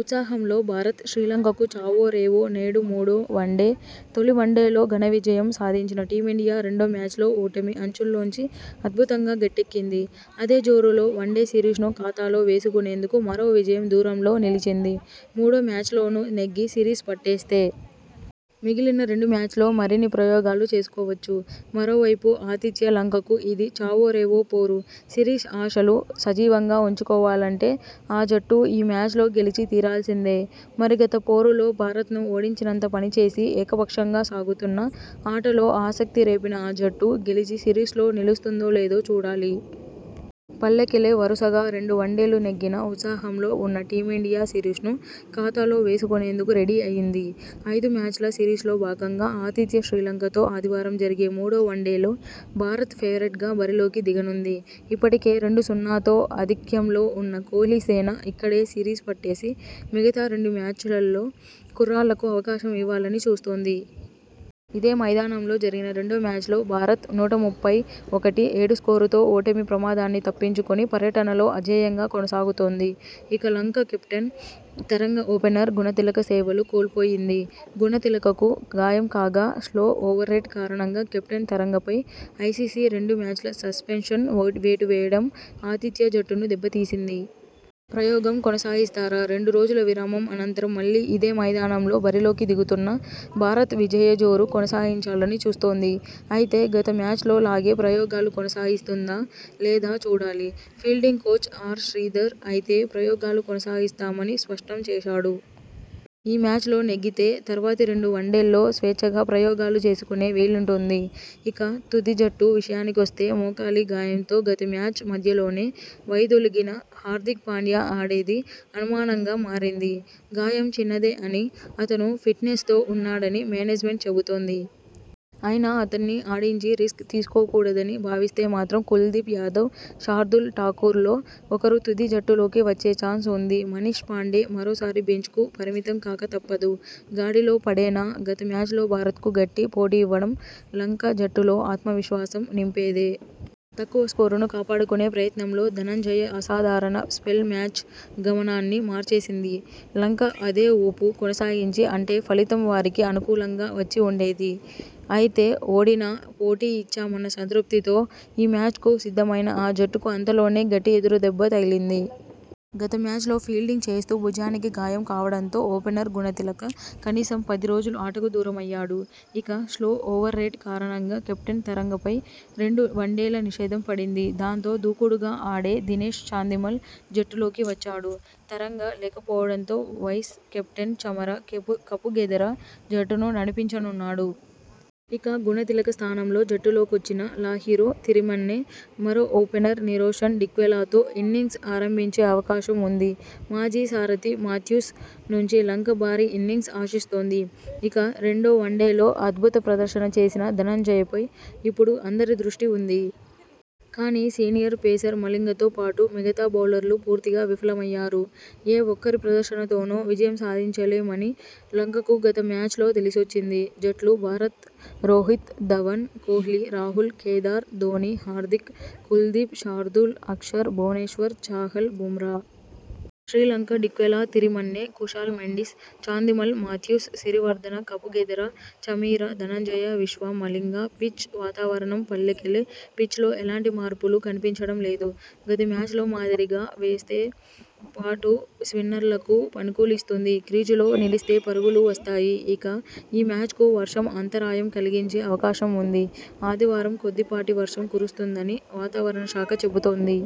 ఉత్సాహంలో భారత్, శ్రీలంకకు చావో రేవో నేడు మూడో వన్డే, తొలి వన్డేలో ఘన విజయం సాధించిన టీమిండియా రెండో మ్యాచ్లో ఓటమి అంచుల్లోంచి అద్భుతంగా గట్టెక్కింది! అదే జోరులో వన్డే సిరీస్నూ ఖాతాలో వేసుకునేందుకు మరో విజయం దూరంలో నిలిచింది..! మూడో మ్యాచ్లోనూ నెగ్గి సిరీస్ పట్టేస్తే.. మిగిలిన రెండు మ్యాచ్ల్లో మరిన్ని ప్రయోగాలు చేసుకోవచ్చు..! మరోవైపు ఆతిథ్య లంకకు ఇది చావో రేవో పోరు! సిరీస్ ఆశలు సజీవంగా ఉంచుకోవాలంటే.. ఆ జట్టు ఈ మ్యాచ్లో గెలిచి తీరాల్సిందే..! మరి గత పోరులో భారత్ను ఓడించినంత పనిచేసి, ఏకపక్షంగా సాగుతున్న ఆటలో ఆసక్తి రేపిన ఆ జట్టు, గెలిచి సిరీస్లో నిలుస్తుందో లేదో చూడాలి..! పల్లెకెలె వరుసగా రెండు వన్డేలు నెగ్గిన ఉత్సాహం లో ఉన్న టీమిండియా సిరీస్ను ఖాతాలో వేసుకునేందుకు రెడీ అయింది. ఐదు మ్యాచ్ల సిరీస్లో భాగంగా ఆతిథ్య శ్రీలంకతో ఆదివారం జరిగే మూడో వన్డేలో భారత్ ఫేవరెట్గా బరిలోకి దిగనుంది. ఇప్పటికే రెండు-సున్నాతో ఆధిక్యంలో ఉన్న కోహ్లీసేన ఇక్కడే సిరీస్ పట్టేసి మిగతా రెండు మ్యాచ్లల్లో కుర్రాళ్లకు అవకాశం ఇవ్వాలని చూస్తోంది. ఇదే మైదానంలో జరిగిన రెండో మ్యాచ్లో భారత్ నూట ముప్పై ఒకటి, ఏడు స్కోరుతో ఓటమి ప్రమాదాన్ని తప్పించుకొని పర్యటనలో అజేయంగా కొనసాగుతోంది. ఇక లంక కెప్టెన్ తరంగ, ఓపెనర్ గుణతిలక సేవలు కోల్పోయింది. గుణతిలకకు గాయం కాగా, స్లో ఓవర్రేట్ కారణంగా కెప్టెన్ తరంగపై ఐసీసీ రెండు మ్యాచ్ల సస్పెన్షన్ వేటు వేయడం ఆతిథ్య జట్టును దెబ్బతీసింది. ప్రయోగం కొనసాగిస్తారా.. రెండు రోజుల విరామం అనంతరం మళ్లీ ఇదే మైదానంలో బరిలోకి దిగుతున్న భారత్ విజయ జోరు కొనసాగించాలని చూస్తోంది. అయితే, గత మ్యాచ్లో లాగే ప్రయోగాలు కొనసాగిస్తుందా లేదా చూడాలి. ఫీల్డింగ్ కోచ్ ఆర్ శ్రీధర్ అయితే ప్రయోగాలు కొనసాగిస్తామని స్పష్టం చేశాడు. ఈ మ్యాచ్లో నెగ్గితే తర్వాతి రెండు వన్డేల్లో స్వేచ్ఛగా ప్రయోగాలు చేసుకునే వీలుంటుంది. ఇక, తుది జట్టు విషయానికొస్తే మోకాలి గాయంతో గత మ్యాచ్ మధ్యలోనే వైదొలిగిన హార్దిక్ పాండ్యా ఆడేది అనుమానంగా మారింది. గాయం చిన్నదే అని, అతను ఫిట్నెస్తో ఉన్నాడని మేనేజ్మెంట్ చెబుతోంది. అయినా.. అతణ్ణి ఆడించి రిస్క్ తీసుకోకూడదని భావిస్తే మాత్రం కుల్దీప్ యాదవ్, శార్దూల్ ఠాకూర్లో ఒకరు తుది జట్టులోకి వచ్చే చాన్స్ ఉంది. మనీష్ పాండే మరోసారి బెంచ్కు పరిమితం కాక తప్పదు. గాడిలో పడేనా.. గత మ్యాచ్లో భారత్కు గట్టి పోటీ ఇవ్వడం లంక జట్టులో ఆత్మవిశ్వాసం నింపేదే. తక్కువ స్కోరును కాపాడుకునే ప్రయత్నంలో ధనంజయ అసాధారణ స్పెల్ మ్యాచ్ గమనాన్ని మార్చేసింది. లంక అదే ఊపు కొనసాగించి ఉంటే ఫలితం వారికి అనుకూలంగా వచ్చి ఉండేది. అయితే ఓడినా.. పోటీ ఇచ్చామన్న సంతృప్తితో ఈ మ్యాచ్కు సిద్ధమైన ఆ జట్టుకు అంతలోనే గట్టి ఎదురుదెబ్బ తగిలింది. గత మ్యాచ్లో ఫీల్డింగ్ చేస్తూ భుజానికి గాయం కావడంతో ఓపెనర్ గుణతిలక కనీసం పది రోజులు ఆటకు దూరమయ్యాడు. ఇక, స్లో ఓవర్ రేట్ కారణంగా కెప్టెన్ తరంగపై రెండు వన్డేల నిషేధం పడింది. దాంతో, దూకుడుగా ఆడే దినేష్ చాందిమల్ జట్టులోకి వచ్చాడు. తరంగ లేకపోవడంతో వైస్ కెప్టెన్ చమర కపుగెదర జట్టును నడిపించనున్నాడు. ఇక, గుణతిలక స్థానంలో జట్టులోకొచ్చిన లాహిరు తిరిమన్నె.. మరో ఓపెనర్ నిరోషన్ డిక్వెలాతో ఇన్నింగ్స్ ఆరంభించే అవకాశం ఉంది. మాజీ సారథి మాథ్యూస్ నుంచి లంక భారీ ఇన్నింగ్స్ ఆశిస్తోంది. ఇక, రెండో వన్డేలో అద్భుత ప్రదర్శన చేసిన ధనంజయపై ఇప్పుడు అందరి దృష్టి ఉంది. కానీ, సీనియర్ పేసర్ మలింగతో పాటు మిగతా బౌలర్లు పూర్తిగా విఫలమయ్యారు. ఏ ఒక్కరి ప్రదర్శనతోనో విజయం సాధించలే మని లంకకు గత మ్యాచ్లో తెలిసొచ్చింది. జట్లు భారత్ రోహిత్, ధవన్, కోహ్లీ, రాహుల్, కేదార్, ధోనీ, హార్దిక్, కుల్దీప్, శార్దూల్, అక్షర్, భువనేశ్వర్, చాహల్, బుమ్రా. శ్రీలంక డిక్వెలా, తిరిమన్నె, కుశాల్ మెండిస్, చాందిమల్, మాథ్యూస్, సిరివర్దన, కపుగెదెర, చమీర, ధనంజయ, విశ్వ, మలింగ. పిచ్ వాతావరణం పల్లెకెలె పిచ్లో ఎలాంటి మార్పులు కనిపించడం లేదు. గత మ్యాచ్లో మాదిరిగా పేస్తో పాటు స్పిన్నర్లకూ అనుకూలిస్తుంది. క్రీజులో నిలిస్తే పరుగులూ వస్తాయి. ఇక, ఈ మ్యాచ్కూ వర్షం అంతరాయం కలిగించే అవకాశం ఉంది. ఆదివారం కొద్దిపాటి వర్షం కురుస్తుందని వాతావరణ శాఖ చెబుతోంది.